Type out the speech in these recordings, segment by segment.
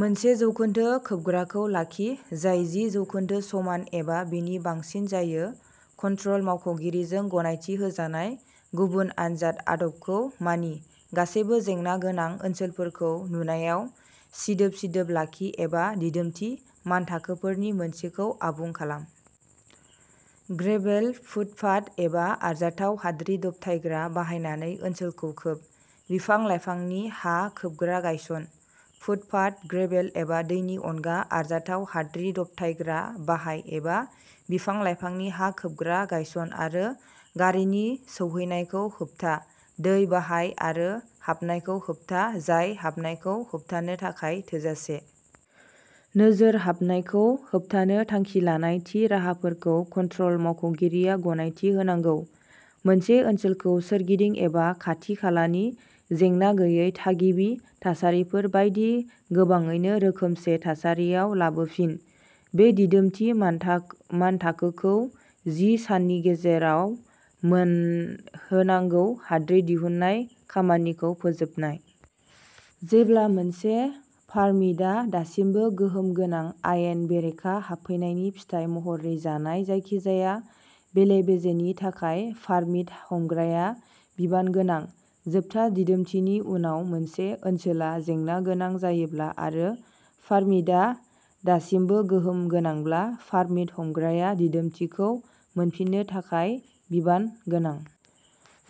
मोनसे जौखोन्दो खोबग्राखौ लाखि जाय जि जौखोन्दो समान एबा बेनि बांसिन जायो। कन्ट्रल मावख'गिरिजों गनायथि होजानाय गुबुन आनजाद आदबखौ मानि। गासैबो जेंना गोनां ओनसोलफोरखौ नुनायाव सिदोब-सिदोब लाखि एबा दिदोमथि मानथाखोफोरनि मोनसेखौ आबुं खालाम। ग्रेभेल, फुटपाथ, एबा आरजाथाव हाद्रि दबथायग्रा बाहायनानै ओनसोलखौ खोब। बिफां-लाइफांनि हा खोबग्रा गायसन। फुटपाथ, ग्रेभेल एबा दैनि अनगा आरजाथाव हाद्रि दबथायग्रा बाहाय एबा बिफां-लाइफांनि हा खोबग्रा गायस'न आरो गारिनि सौहैनायखौ होबथा। दै बाहाय आरो हाबनायखौ होबथा जाय हाबनायखौ होबथानो थाखाय थोजासे। नोजोरः हाबनायखौ होबथानो थांखि लानाय थि राहाफोरखौ कन्ट्रल मावख'गिरिया गनायथि होनांगौ। मोनसे ओनसोलखौ सोरगिदिं एबा खाथि-खालानि जेंना गैयै थागिबि थासारिफोर बायदि गोबाङैनो रोखोमसे थासारियाव लाबोफिन। बे दिदोमथि मानथा मानथाखोखौ जि साननि गेजेराव मोनहोनांगौ। हाद्रि दिहुन्नाय खामानिखौ फोजोबनाय। जेब्ला मोनसे पारमिटआ दासिमबो गोहोम गोनां, आयेन बेरेखा हाबफैनायनि फिथाय महरै जानाय जायखिजाया बेले-बेजेनि थाखाय पारमिट हमग्राया बिबान गोनां। जोबथा दिदोमथिनि उनाव मोनसे ओनसोला जेंना गोनां जायोब्ला आरो पारमिटआ दासिमबो गोहोम गोनांब्ला, पारमिट हमग्राया दिदोमथिखौ मोनफिननो थाखाय बिबान गोनां।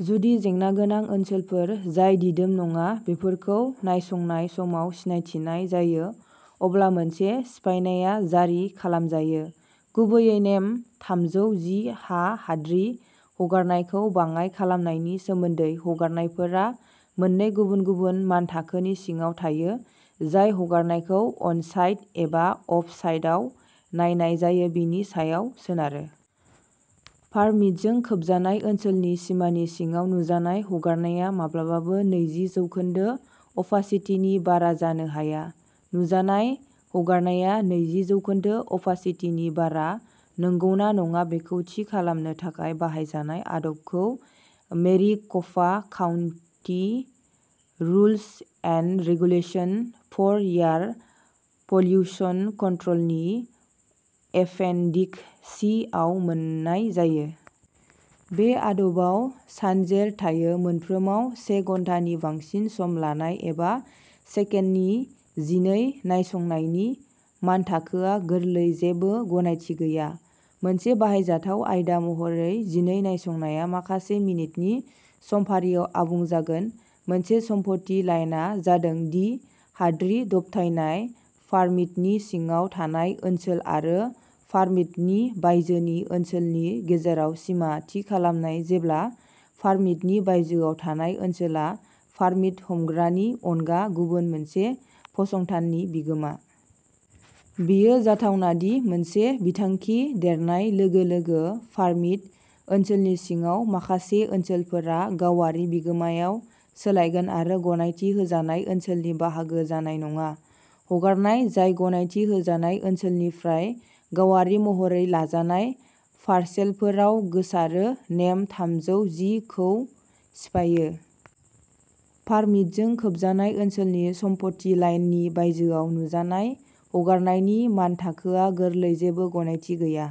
जुदि जेंना गोनां ओनसोलफोर जाय दिदोम नङा बेफोरखौ नायसंनाय समाव सिनायथिनाय जायो, अब्ला मोनसे सिफायनाया जारि खालामजायो। गुबैयै, नेम थामजौ जि आ हाद्रि हगारनायखौ बाङाइ खालामनायनि सोमोन्दै। हगारनायफोरा मोननै गुबुन-गुबुन मानथाखोनि सिङाव थायो, जाय हगारनायखौ अनसाइट एबा अफ-साइटआव नायनाय जायो बेनि सायाव सोनारो। पारमिटजों खोबजानाय ओनसोलनि सिमानि सिङाव, नुजानाय हगारनाया माब्लाबाबो नैजि जौखोन्दो अपासिटिनि बारा जानो हाया। नुजानाय हगारनाया नैजि जौखोन्दो अपासिटिनि बारा नंगौना नङा बेखौ थि खालामनो थाखाय बाहायजानाय आदबखौ Maricopa county rules and regulations for air pollution कन्ट्र'लनि एपेनडिक सि आव मोन्नाय जायो। बे आदबाव सानजेर थायो। मोनफ्रोमाव से घन्टानि बांसिन सम लानाय बा सेकेन्डनि जिनै नायसंनायनि मानथाखोआ गोरलै जेबो गनायथि गैया। मोनसे बाहायजाथाव आयदा महरै जिनै नायसंनाया माखासे मिनिटनि समफारियाव आबुं जागोन। मोनसे सम्पथि लाइनआ जादों दि हाद्रि दबथायनाय पारमिटनि सिङाव थानाय ओनसोल आरो पारमिटनि बायजोनि ओनसोलनि गेजेराव सिमा थि खालामनाय, जेब्ला पारमिटनि बायजोआव थानाय ओनसोला पारमिट हमग्रानि अनगा गुबुन मोनसे फसंथाननि बिगोमा। बेयो जाथावना दि, मोनसे बिथांखि देरनाय लोगो-लोगो, पारमिट ओनसोलनि सिङाव माखासे ओनसोलफोरा गावारि बिगोमायाव सोलायगोन आरो गनायथि होजानाय ओनसोलनि बाहागो जानाय नङा। हगारनाय जाय गनायथि होजानाय ओनसोलनिफ्राय गावारि महरै लाजानाय पारसेलफोराव गोसारो, नेम थामजौ जि खौ सिफायो। पारमिटजों खोबजानाय ओनसोलनि सम्पथि लाइननि बायजोआव नुजानाय हगारनायनि मानथाखोआ गोरलै जेबो गनायथि गैया।